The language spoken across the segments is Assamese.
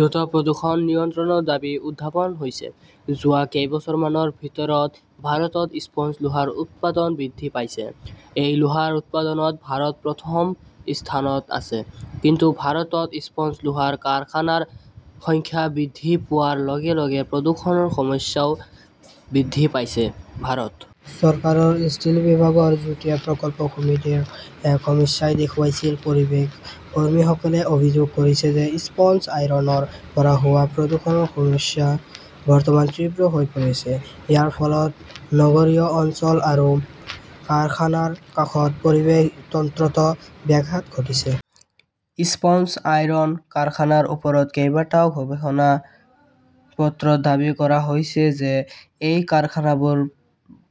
দ্ৰুত প্ৰদূষণ নিয়ন্ত্ৰণৰ দাবী উত্থাপন হৈছে যোৱা কেইবছৰমানৰ ভিতৰত ভাৰতত স্পঞ্জ লোহাৰ উৎপাদন বৃদ্ধি পাইছে। এই লোহাৰ উৎপাদনত ভাৰত প্ৰথম স্থানত আছে। কিন্তু ভাৰতত স্পঞ্জ আইৰণ কাৰখানাৰ সংখ্যা বৃদ্ধি পোৱাৰ লগে-লগে প্ৰদূষণৰ সমস্যাও বৃদ্ধি পাইছে। ভাৰত চৰকাৰৰ ষ্টীল বিভাগৰ যুটীয়া প্ৰকল্প সমিতিৰ এক সমীক্ষাই দেখুৱাইছিল। পৰিৱেশ কৰ্মীসকলে অভিযোগ কৰিছে যে স্পঞ্জ আইৰণৰ পৰা হোৱা প্ৰদূষণৰ সমস্যা বৰ্তমান তীব্ৰ হৈ পৰিছে। ইয়াৰ ফলত নগৰীয়া অঞ্চল আৰু কাৰখানাৰ কাষৰ পৰিৱেশ তন্ত্ৰত ব্যাঘাত ঘটিছে। স্পঞ্জ আইৰণ কাৰখানাৰ ওপৰত কেইবাটাও গৱেষণা পত্ৰত দাবী কৰা হৈছে যে এই কাৰখানাবোৰ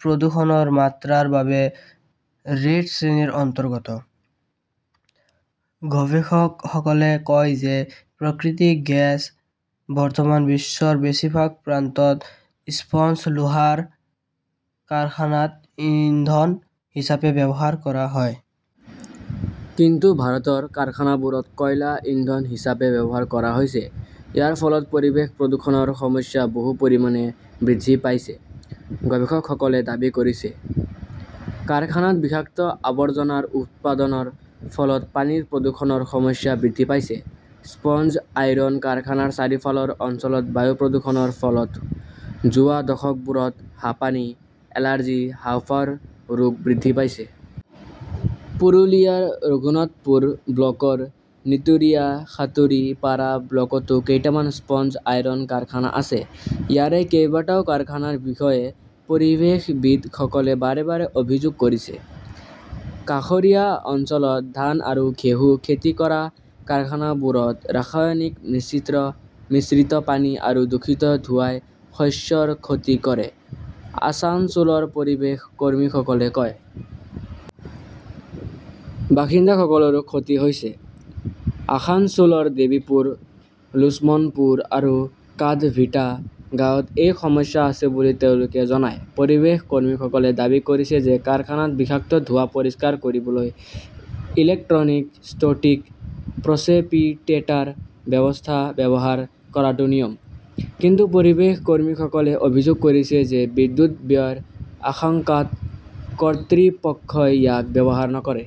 প্ৰদূষণৰ মাত্ৰাৰ বাবে 'ৰেড শ্ৰেণী'ৰ অন্তৰ্গত। গৱেষকসকলে কয় যে প্ৰাকৃতিক গেছ বৰ্তমান বিশ্বৰ বেছিভাগ প্ৰান্তত স্পঞ্জ লোহাৰ কাৰখানাত ইন্ধন হিচাপে ব্যৱহাৰ কৰা হয়। কিন্তু ভাৰতৰ কাৰখানাবোৰত কয়লা ইন্ধন হিচাপে ব্যৱহাৰ কৰা হৈছে। ইয়াৰ ফলত পৰিৱেশ প্ৰদূষণৰ সমস্যা বহু পৰিমাণে বৃদ্ধি পাইছে, গৱেষকসকলে দাবী কৰিছে। কাৰখানাত বিষাক্ত আৱৰ্জনাৰ উৎপাদনৰ ফলত পানীৰ প্ৰদূষণৰ সমস্যা বৃদ্ধি পাইছে। স্পঞ্জ আইৰণ কাৰখানাৰ চাৰিওফালৰ অঞ্চলত বায়ু প্ৰদূষণৰ ফলত যোৱা দশকবোৰত হাঁপানি, এলাৰ্জি, হাঁওফাঁওৰ ৰোগ বৃদ্ধি পাইছে। পুৰুলিয়াৰ ৰঘুনাথপুৰ ব্লকৰ নীতুৰিয়া, সাঁতুৰী, পাৰা ব্লকতো কেইটামান স্পঞ্জ আইৰণ কাৰখানা আছে। ইয়াৰে কেইবাটাও কাৰখানাৰ বিষয়ে পৰিৱেশবিদসকলে বাৰে বাৰে অভিযোগ কৰিছে। কাষৰীয়া অঞ্চলত ধান আৰু ঘেঁহু খেতি কৰা কাৰখানাবোৰত ৰাসায়নিক মিশ্ৰিত পানী আৰু দূষিত ধোঁৱাই শস্যৰ ক্ষতি কৰে, আছানছোলৰ পৰিৱেশ কৰ্মীসকলে কয়। বাসিন্দাসকলৰো ক্ষতি হৈছে। আসানছোলৰ দেৱীপুৰ, লোছমনপুৰ আৰু কাদভিটা গাঁৱত এই সমস্যা আছে বুলি তেওঁলোকে জনায়। পৰিৱেশ কৰ্মীসকলে দাবী কৰিছে যে কাৰখানাত বিষাক্ত ধোঁৱা পৰিষ্কাৰ কৰিবলৈ 'ইলেক্ট্ৰনিক ষ্টেটিক প্ৰচেপিটেটাৰ ব্যৱস্থা ব্যৱহাৰ কৰাটো নিয়ম। কিন্তু পৰিৱেশ কৰ্মীসকলে অভিযোগ কৰিছে যে বিদ্যুৎ ব্যয়ৰ আশংকাত কৰ্তৃপক্ষই ইয়াক ব্যৱহাৰ নকৰে।